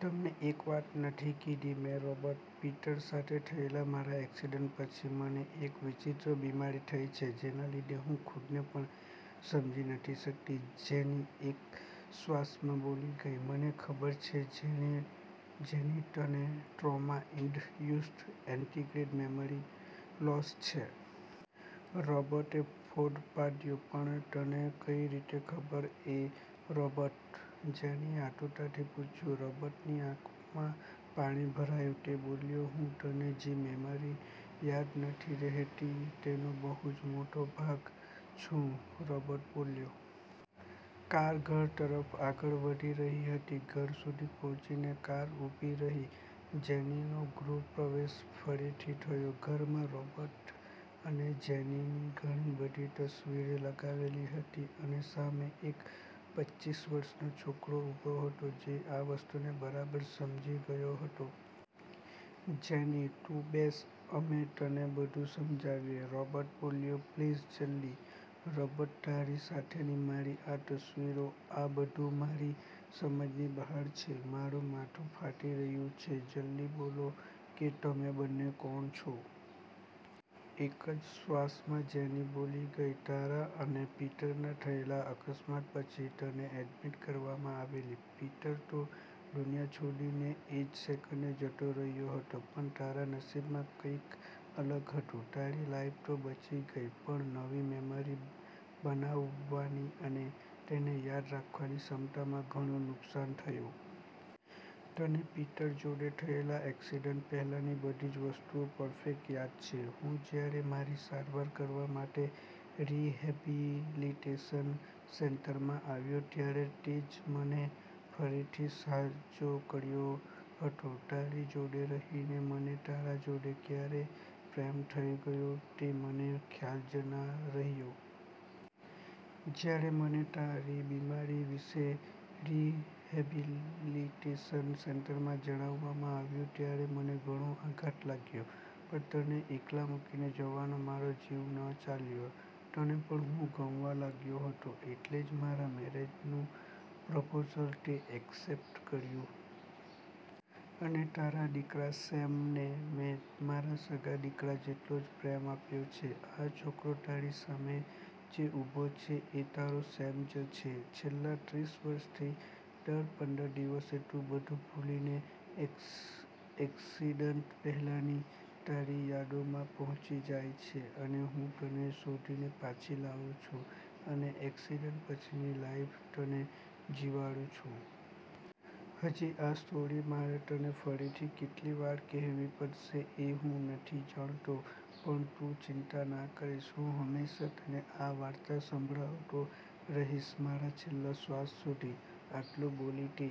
"તમને એક વાત નથી કીધી મે રૉબર્ટ, પીટર સાથે થયેલા મારા એક્સિડન્ટ પછી મને એક વિચિત્ર બીમારી થઈ છે. જેના લીધે હું ખુદને પણ સમજી નથી શકતી." જેની એક શ્વાસમાં બોલી ગઈ. "મને ખબર છે જેની, તને trauma induced anterograde memory loss છે." રૉબર્ટે ફોડ પાડ્યો. "પણ તને કઈ રીતે ખબર એ રૉબર્ટ?" જેનીએ આતુરતાથી પૂછયું. રોબર્ટની આંખમાં પાણી ભરાયું, તે બોલ્યો, "હું તને જે મેમરી યાદ નથી રહેતી, તેનો બહુ જ મોટો ભાગ છું." રૉબર્ટ બોલ્યો. કાર ઘર તરફ આગળ વધી રહી હતી, ઘર સુધી પહોંચીને કાર ઊભી રહી. જેનીનો ગૃહ પ્રવેશ ફરીથી થયો. ઘરમાં રોબર્ટ અને જેનીની ઘણી બધી તસવીર લગાવેલી હતી, અને સામે એક પચ્ચીસ વર્ષનો છોકરો ઊભો હતો, જે આ વસ્તુને બરાબર સમજી ગયો હતો. "જેની, તુ બેસ, અમે તને બધું સમજાવીએ." રૉબર્ટ બોલ્યો. "પ્લીઝ, જલ્દી. રૉબર્ટ તારી સાથેની મારી આ તસવીરો? આ બધું મારી સમજની બહાર છે, મારું માથું ફાટી રહ્યું છે, જલ્દી બોલો કે તમે બંને કોણ છો?" એક જ શ્વાસમાં જેની બોલી ગઈ. "તારા અને પીટરના થયેલા અકસ્માત પછી તને એડમીટ કરવામાં આવેલી. પીટર તો દુનિયા છોડીને એજ સેકન્ડે જતો રહ્યો હતો. પણ, તારા નસીબમાં કંઈક અલગ હતું. તારી લાઈફ તો બચી ગઈ, પણ નવી મેમરી બનાવવાની અને તેને યાદ રાખવાની ક્ષમતામાં ઘણું નુકશાન થયું. તને પીટર જોડે થયેલા એકસીડન્ટ પહેલાની બધી જ વસ્તુઓ પરફેક્ટ યાદ છે, હું જ્યારે મારી સારવાર કરવા માટે રિહેબિલિટેશન સેન્ટરમાં આવ્યો, ત્યારે તેજ મને ફરીથી સાજો કર્યો હતો. તારી જોડે રહીને મને તારા જોડે ક્યારે પ્રેમ થઇ ગયો તે મને ખ્યાલ જ ના રહ્યો. જ્યારે મને તારી બીમારી વિશે રિહેબિલિટેશન સેન્ટરમાં જણાવવામાં આવ્યું ત્યારે મને ઘણો આઘાત લાગ્યો. પણ તને એકલા મૂકીને જવાનો મારો જીવ ન ચાલ્યો. તને પણ હું ગમવા લાગ્યો હતો, એટલે જ મારા મેરેજનું પ્રપોઝલ તે એક્સેપ્ટ કર્યું. અને તારા દિકરા 'સેમ' ને મેં મારા સગા દીકરા જેટલો જ પ્રેમ આપ્યો છે. આ છોકરો તારી સામે જે ઊભો છે એ તારો સેમ જ છે. છેલ્લા ત્રીસ વર્ષથી દર પંદર દિવસે તુ બધુ ભૂલીને એક્સિડન્ટ પહેલાની તારી યાદોમાં પહોંચી જાય છે, અને હું તને શોધીને પાછી લાવુ છું, અને એક્સિડન્ટ પછીની લાઈફ તને જીવાડું છું. હજી આ સ્ટોરી મારે તને ફરીથી કેટલી વાર કહેવી પડશે એ હું નથી જાણતો. પણ તું ચિંતા ના કરીશ, હું હંમેશા તને આ વાર્તા સંભળાવતો રહીશ, મારા છેલ્લા શ્વાસ સુધી." આટલું બોલી તે